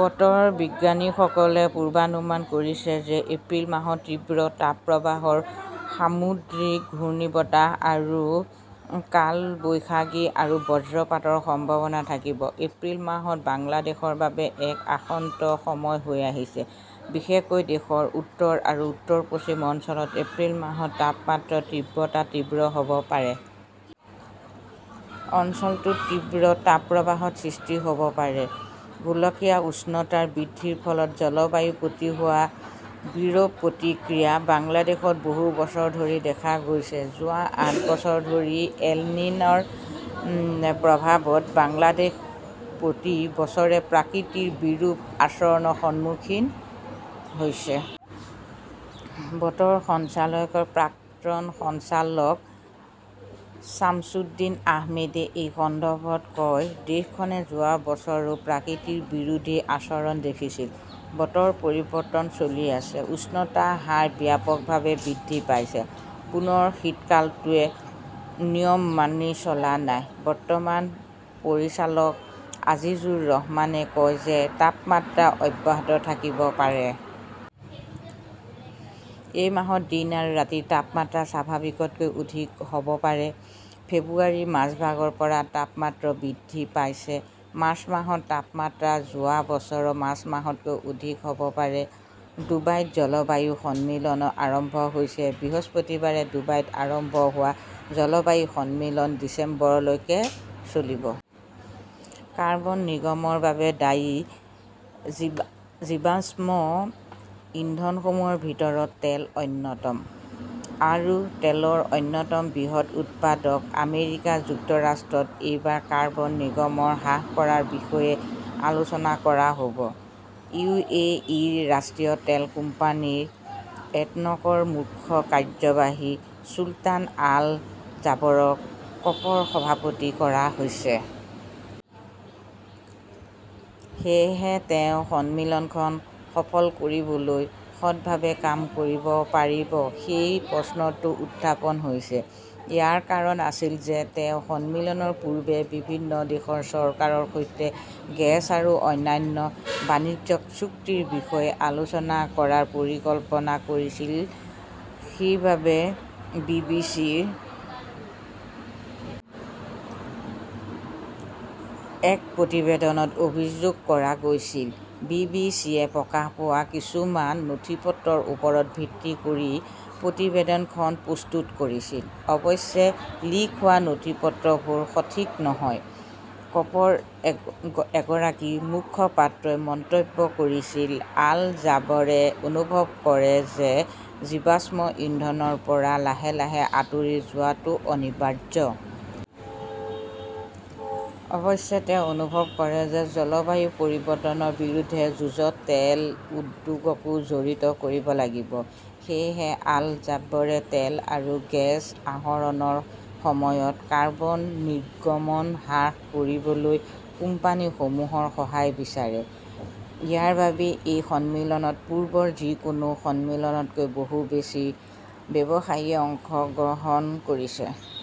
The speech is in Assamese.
বতৰ বিজ্ঞানীসকলে পূৰ্বানুমান কৰিছে যে এপ্ৰিল মাহত তীব্ৰ তাপপ্ৰবাহ, সামুদ্ৰিক ঘূৰ্ণীবতাহ আৰু কালবৈশাখী আৰু বজ্ৰপাতৰ সম্ভাৱনা থাকিব। এপ্ৰিল মাহটো বাংলাদেশৰ বাবে এক অশান্ত সময় হৈ আহিছে। বিশেষকৈ দেশৰ উত্তৰ আৰু উত্তৰ-পশ্চিম অঞ্চলত এপ্ৰিল মাহত তাপমাত্ৰাৰ তীব্ৰতা তীব্ৰ হব পাৰে। অঞ্চলটোত তীব্ৰ তাপপ্ৰবাহৰ সৃষ্টি হব পাৰে। গোলকীয় উষ্ণতা বৃদ্ধিৰ ফলত জলবায়ুৰ প্ৰতি হোৱা বিৰূপ প্ৰতিক্ৰিয়া বাংলাদেশত বহু বছৰ ধৰি দেখা গৈছে। যোৱা আঠ বছৰ ধৰি এল-নিন'ৰ প্ৰভাৱত বাংলাদেশ প্ৰতি বছৰে প্ৰকৃতিৰ বিৰূপ আচৰণৰ সন্মুখীন হৈছে। বতৰ সঞ্চালকালয়ৰ প্ৰাক্তন সঞ্চালক ছামছুদ্দিন আহমেদে এই সন্দৰ্ভত কয় দেশখনে যোৱা বছৰো প্ৰকৃতিৰ বিৰোধী আচৰণ দেখিছিল। বতৰ পৰিৱৰ্তন চলি আছে । উষ্ণতাৰ হাৰ ব্যাপকভাৱে বৃদ্ধি পাইছে। পুনৰ শীতকালটোৱে নিয়ম মানি চলা নাই। বৰ্তমানৰ পৰিচালক আজিজুৰ ৰহমানে কয় যে তাপমাত্ৰা অব্যাহত থাকিব পাৰে। এই মাহত দিন আৰু ৰাতিৰ তাপমাত্ৰা স্বাভাৱিকতকৈ অধিক হব পাৰে। ফেব্ৰুৱাৰীৰ মাজভাগৰ পৰা তাপমাত্ৰা বৃদ্ধি পাইছে। মাৰ্চ মাহত তাপমাত্ৰা যোৱা বছৰৰ মাৰ্চ মাহতকৈ অধিক হব পাৰে। ডুবাইত জলবায়ু সন্মিলন আৰম্ভ হৈছে । বৃহস্পতিবাৰে ডুবাইত আৰম্ভ হোৱা জলবায়ু সন্মিলন ডিচেম্বৰলৈকে চলিব। কাৰ্বন নিৰ্গমনৰ বাবে দায়ী জীৱাশ্ম ইন্ধনসমূহৰ ভিতৰত তেল অন্যতম। আৰু তেলৰ অন্যতম বৃহৎ উৎপাদক আমেৰিকা যুক্তৰাষ্ট্ৰত এইবাৰ কাৰ্বন নিৰ্গমন হ্ৰাস কৰাৰ বিষয়ে আলোচনা কৰা হব। ইউ.এ.ইৰ ৰাষ্ট্ৰীয় তেল কোম্পানী এডনকৰ মুখ্য কাৰ্যবাহী চুলতান আল জাবৰক কপৰ সভাপতি কৰা হৈছে। সেয়েহে তেওঁ সন্মিলনখন সফল কৰিবলৈ সৎভাৱে কাম কৰিব পাৰিব সেই প্ৰশ্নটো উত্থাপন হৈছে। ইয়াৰ কাৰণ আছিল যে তেওঁ সন্মিলনৰ পূৰ্বে বিভিন্ন দেশৰ চৰকাৰৰ সৈতে গেছ আৰু অন্যান্য বাণিজ্যিক চুক্তিৰ বিষয়ে আলোচনা কৰাৰ পৰিকল্পনা কৰিছিল, সেইবাবে বি.বি.চিৰ এক প্ৰতিবেদনত অভিযোগ কৰা হৈছিল। বি.বি.চিয়ে প্ৰকাশ পোৱা কিছুমান নথিপত্ৰৰ ওপৰত ভিত্তি কৰি প্ৰতিবেদনখন প্ৰস্তুত কৰিছিল। অৱশ্যে, লিক হোৱা নথিপত্ৰবোৰ 'সঠিক নহয়, কপৰ এগৰাকী মুখপাত্ৰই মন্তব্য কৰিছিল। আল-জাবাৰে অনুভৱ কৰে যে জীৱাশ্ম ইন্ধনৰ পৰা লাহে লাহে আঁতৰি যোৱাটো 'অনিবাৰ্য'। অৱশ্যে, তেওঁ অনুভৱ কৰে যে জলবায়ু পৰিৱৰ্তনৰ বিৰুদ্ধে যুঁজত তেল উদ্যোগকো জড়িত কৰিব লাগিব। সেয়েহে আল-জাবৰে তেল আৰু গেছ আহৰণৰ সময়ত কাৰ্বন নিৰ্গমন হ্ৰাস কৰিবলৈ কোম্পানীসমূহৰ সহায় বিচাৰে। ইয়াৰ বাবেই এই সন্মিলনত পূৰ্বৰ যিকোনো সন্মিলনতকৈ বহু বেছি ব্যৱসায়ীয়ে অংশগ্ৰহণ কৰিছে।